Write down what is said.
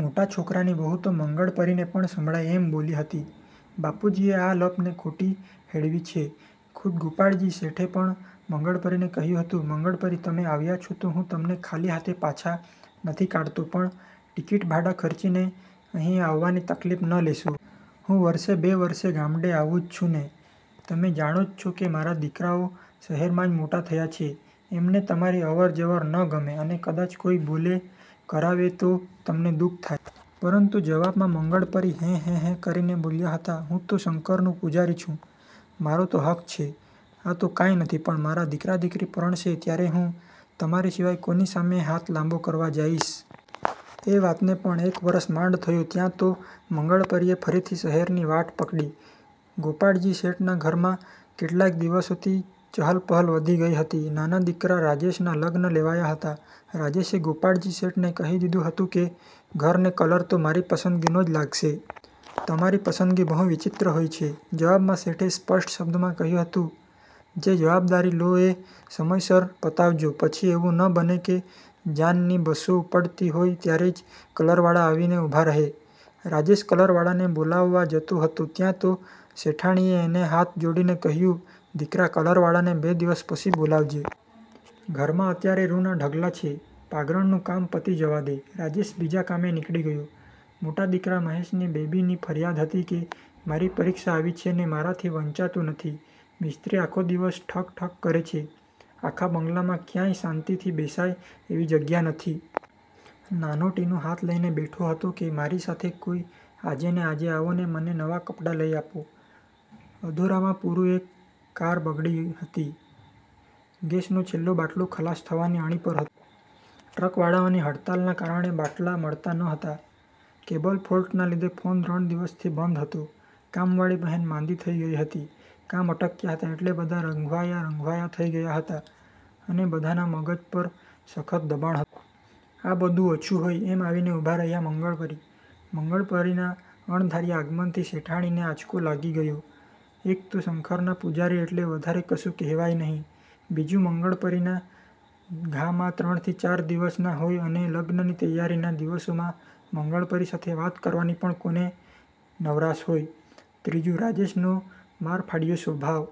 મોટા છોકરાની વહુ તો મંગળપરીને પણ સંભળાય એમ બોલી હતી, "બાપુજીએ આ લપને ખોટી હેળવી છે." ખુદ ગોપાળજી શેઠે પણ મંગળપરીને કહ્યું હતું, "મંગળપરી, તમે આવ્યા છો તો હું તમને ખાલી હાથે પાછા નથી કાઢતો, પણ ટિકિટભાડાં ખર્ચીને અહીં આવવાની તકલીફ ન લેશો. હું વરસે, બે વરસે ગામડે આવું જ છુંને? તમે જાણો જ છો કે મારા દીકરાઓ શહેરમાં જ મોટા થયા છે. એમને તમારી અવરજવર ન ગમે અને કદાચ કોઈ બોલે કારવે તો તમને દુઃખ થાય." પરંતુ જવાબમાં મંગળપરી હેં-હેં-હેં કરીને બોલ્યા હતા,"હું તો શંકરનો પૂજારી છું. મારો તો હક છે. આ તો કાંઈ નથી, પણ મારા દીકરા-દીકરી પરણશે ત્યારે હું તમાંરી સિવાય કોની સામે હાથ લાંબો કરવા જાઈશ?" એ વાતને પણ એક વરસ માંડ થયું ત્યાં તો મંગળપરીએ ફરીથી શહેરની વાટ પકડી. ગોપાળજી શેઠના ઘરમાં કેટલાક દિવસોથી ચહલ-પહલ વધી ગઈ હતી. નાના દીકરા રાજેશનાં લગ્ન લેવાયાં હતાં. રાજેશે ગોપાળજી શેઠને કહી દીધું હતું કે, "ઘરને કલર તો મારી પસંદગીનો જ લાગશે. તમારી પસંદગી બહુ વિચિત્ર હોય છે." જવાબમાં શેઠે સ્પષ્ટ શબ્દોમાં કહ્યું હતું,"જે જવાબદારી લો એ સમયસર પતાવજો. પછી એવું ન બને કે જાનની બસો ઉપડતી હોય ત્યારે જ કલરવાળા આવીને ઊભા રહે." રાજેશ કલરવાળાને બોલાવવા જતો હતો ત્યાં તો શેઠાણીએ એને હાથ જોડીને કહ્યું,"દીકરા, કલરવાળાને બે દિવસ પછી બોલાવજે. ઘરમાં અત્યારે રૂ ના ઢગલા છે. પાગરણનું કામ પતી જવા દે." રાજેશ બીજા કામે નીકળી ગયો. મોટા દીકરા મહેશની બેબીની ફરિયાદ હતી કે "મારી પરીક્ષા આવી છે ને મારાથી વંચાતું નથી, મિસ્ત્રી આખો દિવસ ઠક-ઠક કરે છે, આખા બંગલામાં ક્યાંય શાંતિથી બેસાય એવી જગ્યા નથી." નાનો ટીનું હાથ લઈને બેઠો હતો કે,"મારી સાથે કોઈ આજે ને આજે આવો ને મને નવાં કપડાં લઈ આપો." અધૂરામાં પૂરું એક કાર બગડી હતી. ગેસનો છેલ્લો બાટલો ખલાસ થવાની અણી પર હતો. ટ્રકવાળાઓની હડતાલના કારણે બાટલા મળતા નહોતા. કેબલફૉલ્ટના લીધે ફોન ત્રણ દિવસથી બંધ હતો. કામવાળી બહેન માંદી થઈ ગઈ હતી. કામ અટક્યાં હતાં એટલે બધાં રઘવાયાં-રઘવાયાં થઈ ગયાં હતાં, અને બધાનાં મગજ પર સખત દબાણ હતું. આ બધું ઓછું હોય એમ આવીને ઊભા રહ્યા મંગળપરી. મંગળપરીના અણધાર્યા આગમનથી શેઠાણીને આંચકો લાગી ગયો. એક તો શંકરના પૂજારી એટલે વધારે કશું કહેવાય નહિ. બીજું, મંગળપરીના ધામા ત્રણથી ચાર દિવસના હોય અને લગ્નની તૈયારીના દિવસોમાં મંગળપરી સાથે વાત કરવાની પણ કોને નવરાશ હોય? ત્રીજું, રાજેશનો મારફાડિયો સ્વભાવ.